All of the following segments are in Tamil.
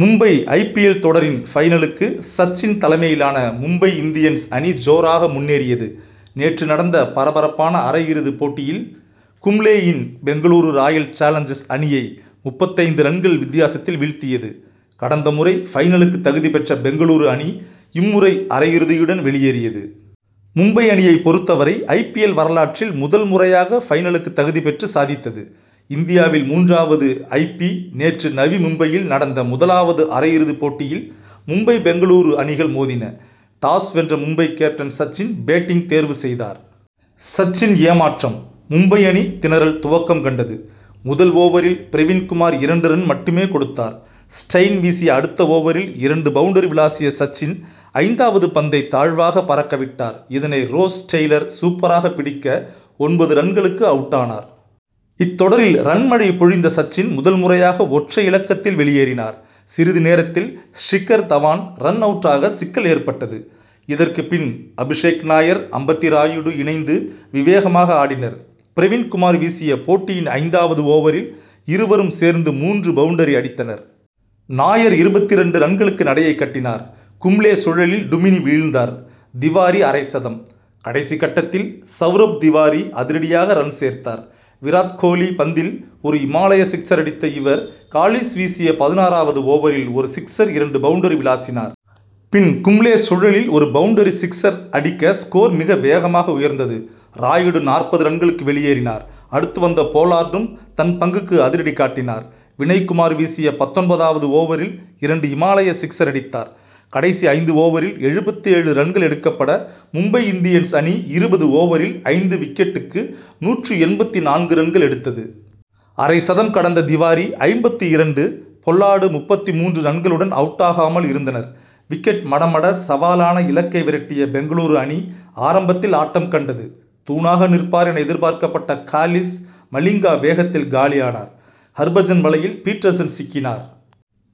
மும்பை ஐ. பி. எல். தொடரின் பைனலுக்கு சச்சின் தலைமையிலான மும்பை இந்தியன்ஸ் அணி ஜோராக முன்னேறியது. நேற்று நடந்த பரபரப்பான அரையிறுதி போட்டியில் கும்ளேயின் பெங்களூரு ராயல் சாலஞ்சர்ஸ் அணியை முப்பத்தைந்து ரன்கள் வித்தி யாசத்தில் வீழ்த்தியது. கடந்த முறை பைனலுக்கு தகுதி பெற்ற பெங்களூரு அணி இம்முறை அரையிறுதியுடன் வெளியேறியது. மும்பை அணியை பொறுத்தவரை ஐ. பி. எல். வரலாற்றில் முதல் முறையாக பைனலுக்கு தகுதி பெற்று சாதித்தது. இந்தியாவில் மூன்றாவது ஐ. பி. நேற்று நவி மும்பையில் நடந்த முதலாவது அரையிறுதி போட்டியில் மும்பை பெங்களூரு அணிகள் மோதின. டாஸ் வென்ற மும்பை கேப்டன் சச்சின் பேட்டிங் தேர்வு செய்தார். சச்சின் ஏமாற்றம் மும்பை அணி திணறல் துவக்கம் கண்டது. முதல் ஓவரில் பிரவீண் குமார் இரண்டு ரன் மட்டுமே கொடுத்தார். ஸ்டைன் வீசிய அடுத்த ஓவரில் இரண்டு பவுண்டரி விளாசிய சச்சின் ஐந்தாவது பந்தை தாழ்வாக பறக்க விட்டார். இதனை ரோஸ் டெய்லர் சூப்பராக பிடிக்க ஒன்பது ரன்களுக்கு அவுட்டானார். இத்தொடரில் ரன் மழை பொழிந்த சச்சின் முதல் முறையாக ஒற்றை இலக்கத்தில் வெளியேறினார். சிறிது நேரத்தில் ஷிகர் தவான் ரன் அவுட்டாக சிக்கல் ஏற்பட்டது. இதற்கு பின் அபிஷேக் நாயர் அம்பதி ராயுடு இணைந்து விவேஷமாக ஆடினர். பிரவீண் குமார் வீசிய போட்டியின் ஐந்தாவது ஓவரில் இருவரும் சேர்ந்து மூன்று பவுண்டரி அடித்தனர். நாயர் இருபத்திரண்டு ரன்களுக்கு நடையை கட்டினார். கும்ளே சுழலில் டுமினி வீழ்ந்தார். திவாரி அரைசதம்: கடைசி கட்டத்தில் சவுரப் திவாரி அதிரடியாக ரன் சேர்த்தார். விராத் ஹோலி பந்தில் ஒரு இமாலய சிக்சர் அடித்த இவர், காலிஸ் வீசிய பதினாறாவது ஓவரில் ஒரு சிக்சர் இரண்டு பவுண்டரி விளாசினார். பின் கும்ளே சுழலில் ஒரு பவுண்டரி சிக்சர் அடிக்கஸ்கோர் மிக வேகமாக உயர்ந்தது. ராயுடு நாற்பது ரன்களுக்கு வெளியேறினார். அடுத்து வந்த போலார்டும் தன் பங்குக்கு அதிரடி காட்டினார். வினய் குமார் வீசிய பத்தொன்பதாவது ஓவரில் இரண்டு இமாலய சிக்சர் அடித்தார். கடைசி ஐந்து ஓவரில் எழுபத்தேழு ரன்கள் எடுக்கப்பட, மும்பை இந்தியன்ஸ் அணிஇருபது ஓவரில் ஐந்து விக்கெட்டுக்கு நூற்று எண்பத்து நான்கு ரன்கள் எடுத்தது. அரைசதம் கடந்த திவாரிஐம்பத்து இரண்டு, பொல்லார்டு முப்பத்து மூன்று ரன்களுடன் அவுட்டா காமல் இருந்தனர். விக்கெட் மடமட சவாலான இலக்கை விரட்டிய பெங்களூரு அணி ஆரம்பத்தில் ஆட்டம் கண்டது. தூணாக நிற்பார் என எதிர்பார்க்கப்பட்ட காலிஸ் மலிங்கா வேகத்தில் காலியானார். ஹர்பஜன் வலையில் பீட்டர்சன் சிக்கினார்.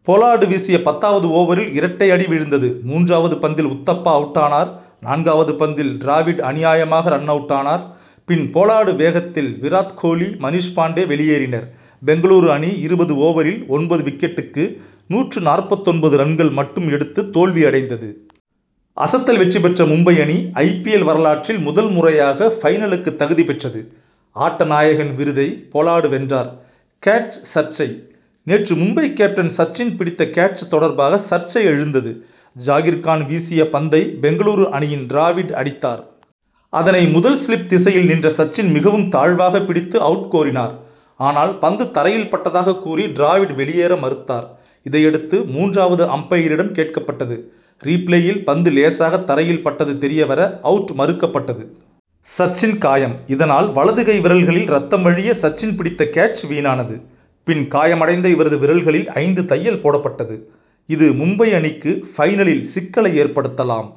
போலார்டு வீசிய பத்தாவது ஓவரில் இரட்டை அடி விழுந்தது. மூன்றாவது பந்தில் உத்தப்பா அவுட்டானார். நான்காவது பந்தில் டிராவிட் அநியாயமாக ரன் அவுட்டானார். பின் போலார்டு வேகத்தில் விராத் ஹோலி மனிஷ்பாண்டே வெளியேறினர். பெங்களூரு அணி இருபது ஓவரில் ஒன்பது விக்கெட்டுக்கு. நூற்று நாற்பத்தொன்பது ரன்கள். மட்டும் எடுத்து தோல்வி அடைந்தது. அசத்தல் வெற்றி பெற்ற மும்பை அணி ஐ. பி. எல். வரலாற்றில் முதல் முறையாக பைனலுக்கு தகுதி பெற்றது. ஆட்டநாயகன் விருதை போலார்டு வென்றார். கேட்ச் சர்ச்சை: நேற்று மும்பை கேப்டன் சச்சின் பிடித்த கேட்ச் தொடர்பாக சர்ச்சை எழுந்தது. ஜாகிர்கான் வீசிய பந்தை பெங்களூரு அணியின் டிராவிட் அடித்தார். அதனை முதல் ஸ்லிப் திசையில் நின்ற சச்சின் மிகவும் தாழ்வாக பிடித்து அவுட் கோரினார். ஆனால் பந்து தரையில் பட்டதாக கூறி டிராவிட் வெளியேற மறுத்தார். இதையடுத்து மூன்றாவது அம்பயரிடம் கேட்கப் பட்டது. ரீப்ளேயில் பந்து லேசாக தரையில் பட்டது தெரிய வர அவுட் மறுக்கப் பட்டது. சச்சின் காயம் இதனால் வலது கை விரல்களில் ரத்தம் வழிய சச்சின் பிடித்த கேட்ச் வீணானது. பின் காயம் அடைந்த இவரது விரல்களில் ஐந்து தையல் போடப்பட்டது. இது மும்பை அணிக்கு பைனலில் சிக்கலை ஏற்படுத்தலாம்.